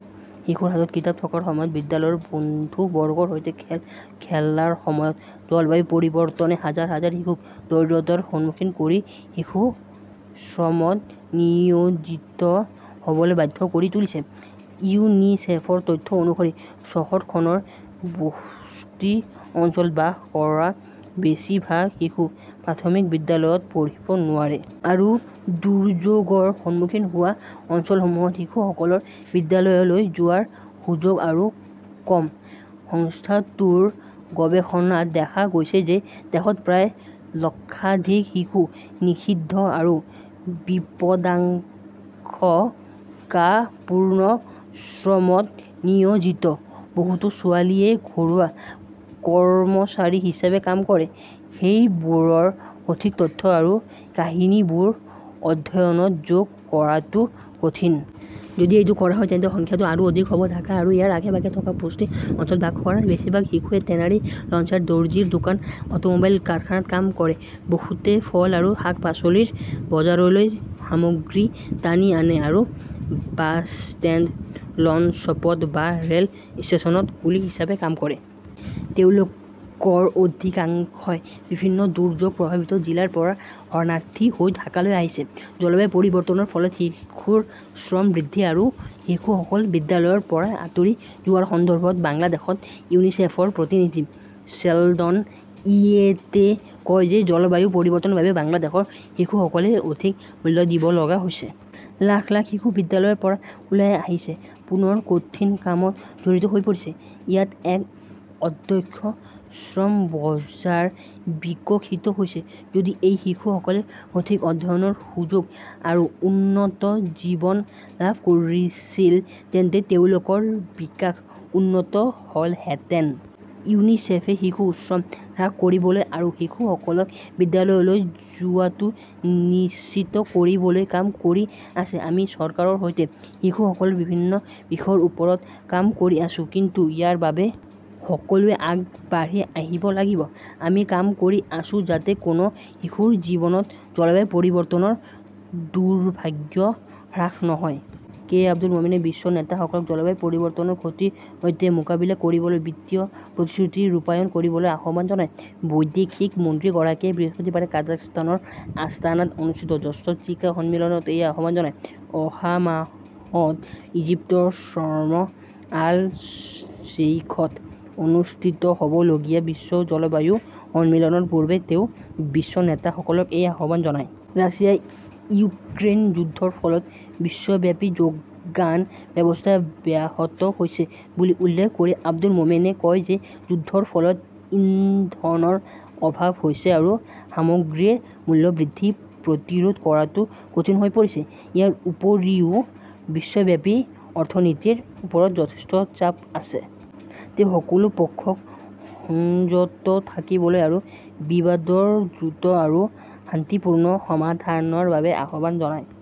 শিশুৰ হাতত কিতাপ থকাৰ সময়ত, বিদ্যালয়ৰ বন্ধুবৰ্গৰ সৈতে খেল খেলাৰ সময়ত, জলবায়ু পৰিৱৰ্তনে হাজাৰ হাজাৰ শিশুক দৰিদ্ৰতাৰ সন্মুখীন কৰি শিশু শ্ৰমত নিয়োজিত হ'বলৈ বাধ্য কৰি তুলিছে। ইউনিচেফৰ তথ্য অনুসৰি, চহৰখনৰ বস্তি অঞ্চলত বাস কৰা বেছিভাগ শিশু প্ৰাথমিক বিদ্যালয়ত পঢ়িব নোৱাৰে। আৰু দুৰ্যোগৰ সন্মুখীন হোৱা অঞ্চলসমূহত শিশুসকলৰ বিদ্যালয়লৈ যোৱাৰ সুযোগ আৰু কম। সংস্থাটোৰ গৱেষণাত দেখা গৈছে যে, দেশত প্ৰায় লক্ষাধিক শিশু নিষিদ্ধ আৰু বিপদাশংকাপূৰ্ণ শ্ৰমত নিয়োজিত। বহুতো ছোৱালীয়ে ঘৰুৱা কৰ্মচাৰী হিচাপে কাম কৰে। সেইবোৰৰ সঠিক তথ্য আৰু কাহিনীবোৰ অধ্যয়নত যোগ কৰাটো কঠিন। যদি এইটো কৰা হয়, তেন্তে সংখ্যাটো আৰু অধিক হ'ব। ঢাকা আৰু ইয়াৰ আশে-পাশে থকা বস্তি অঞ্চলত বাস কৰা বেছিভাগ শিশুৱে টেনাৰী, লঞ্চইয়াৰ্ড, দৰ্জিৰ দোকান, অটোমোবাইল কাৰখানাত কাম কৰে। বহুতে ফল আৰু শাক-পাচলিৰ বজাৰলৈ সামগ্ৰী টানি আনে আৰু বাছ ষ্টেণ্ড, লঞ্চ শ্বট বা ৰেল ষ্টেচনত কুলি হিচাপে কাম কৰে। তেওঁলোকৰ অধিকাংশই বিভিন্ন দুৰ্যোগ প্ৰভাৱিত জিলাৰ পৰা শৰণাৰ্থী হৈ ঢাকালৈ আহিছে। জলবায়ু পৰিৱৰ্তনৰ ফলত শিশুৰ শ্ৰম বৃদ্ধি আৰু শিশুসকল বিদ্যালয়ৰ পৰা আঁতৰি যোৱাৰ সন্দৰ্ভত বাংলাদেশত ইউনিচেফৰ প্ৰতিনিধি শ্বেলডন ইয়েটে কয় যে, জলবায়ু পৰিৱৰ্তনৰ বাবে বাংলাদেশৰ শিশুসকলে অধিক মূল্য দিব লগা হৈছে। লাখ লাখ শিশু বিদ্যালয়ৰ পৰা ওলাই আহিছে, পুনৰ কঠিন কামত জড়িত হৈ পৰিছে। ইয়াত এক অদক্ষ শ্ৰম বজাৰ বিকশিত হৈছে। যদি এই শিশুসকলে সঠিক অধ্যয়নৰ সুযোগ আৰু উন্নত জীৱন লাভ কৰিছিল, তেন্তে তেওঁলোকৰ বিকাশ উন্নত হ'লহেঁতেন। ইউনিছেফে শিশু শ্ৰম হ্ৰাস কৰিবলৈ আৰু শিশুসকলক বিদ্যালয়লৈ যোৱাটো নিশ্চিত কৰিবলৈ কাম কৰি আছে। আমি চৰকাৰৰ সৈতে শিশুসকলৰ বিভিন্ন বিষয়ৰ ওপৰত কাম কৰি আছোঁ। কিন্তু ইয়াৰ বাবে সকলোৱে আগবাঢ়ি আহিব লাগিব। আমি কাম কৰি আছোঁ যাতে কোনো শিশুৰ জীৱনত জলবায়ু পৰিৱৰ্তনৰ দুৰ্ভাগ্য হ্ৰাস নহয়। কে. আব্দুল মোমেনে বিশ্ব নেতাসকলক জলবায়ু পৰিৱৰ্তনৰ ক্ষতিৰ সৈতে মোকাবিলা কৰিবলৈ, বিত্তীয় প্ৰতিশ্ৰুতি ৰূপায়ণ কৰিবলৈ আহ্বান জনায়। বৈদেশিক মন্ত্ৰীগৰাকীয়ে বৃহস্পতিবাৰে কাজাখস্তানৰ আস্তানাত অনুষ্ঠিত ষষ্ঠ চিকা সন্মিলনত এই আহ্বান জনায়। অহা মাহত ইজিপ্তৰ শৰ্ম আল শ্বেইখত অনুষ্ঠিত হ'বলগীয়া বিশ্ব জলবায়ু সন্মিলনৰ পূৰ্বে তেওঁ বিশ্ব নেতাসকলক এই আহ্বান জনায়। ৰাছিয়া-ইউক্ৰেইন যুদ্ধৰ ফলত বিশ্বব্যাপী যোগান ব্যৱস্থা ব্যাহত হৈছে বুলি উল্লেখ কৰি আব্দুল মোমেনে কয় যে, যুদ্ধৰ ফলত ইন্ধনৰ অভাৱ হৈছে আৰু সামগ্ৰীৰ মূল্য বৃদ্ধি প্ৰতিৰোধ কৰাটো কঠিন হৈ পৰিছে। ইয়াৰ উপৰিও, বিশ্বব্যাপী অৰ্থনীতিৰ ওপৰত যথেষ্ট চাপ আছে। তেওঁ সকলো পক্ষক সংযত থাকিবলৈ আৰু বিবাদৰ দ্ৰুত আৰু শান্তিপূৰ্ণ সমাধানৰ বাবে আহ্বান জনায়।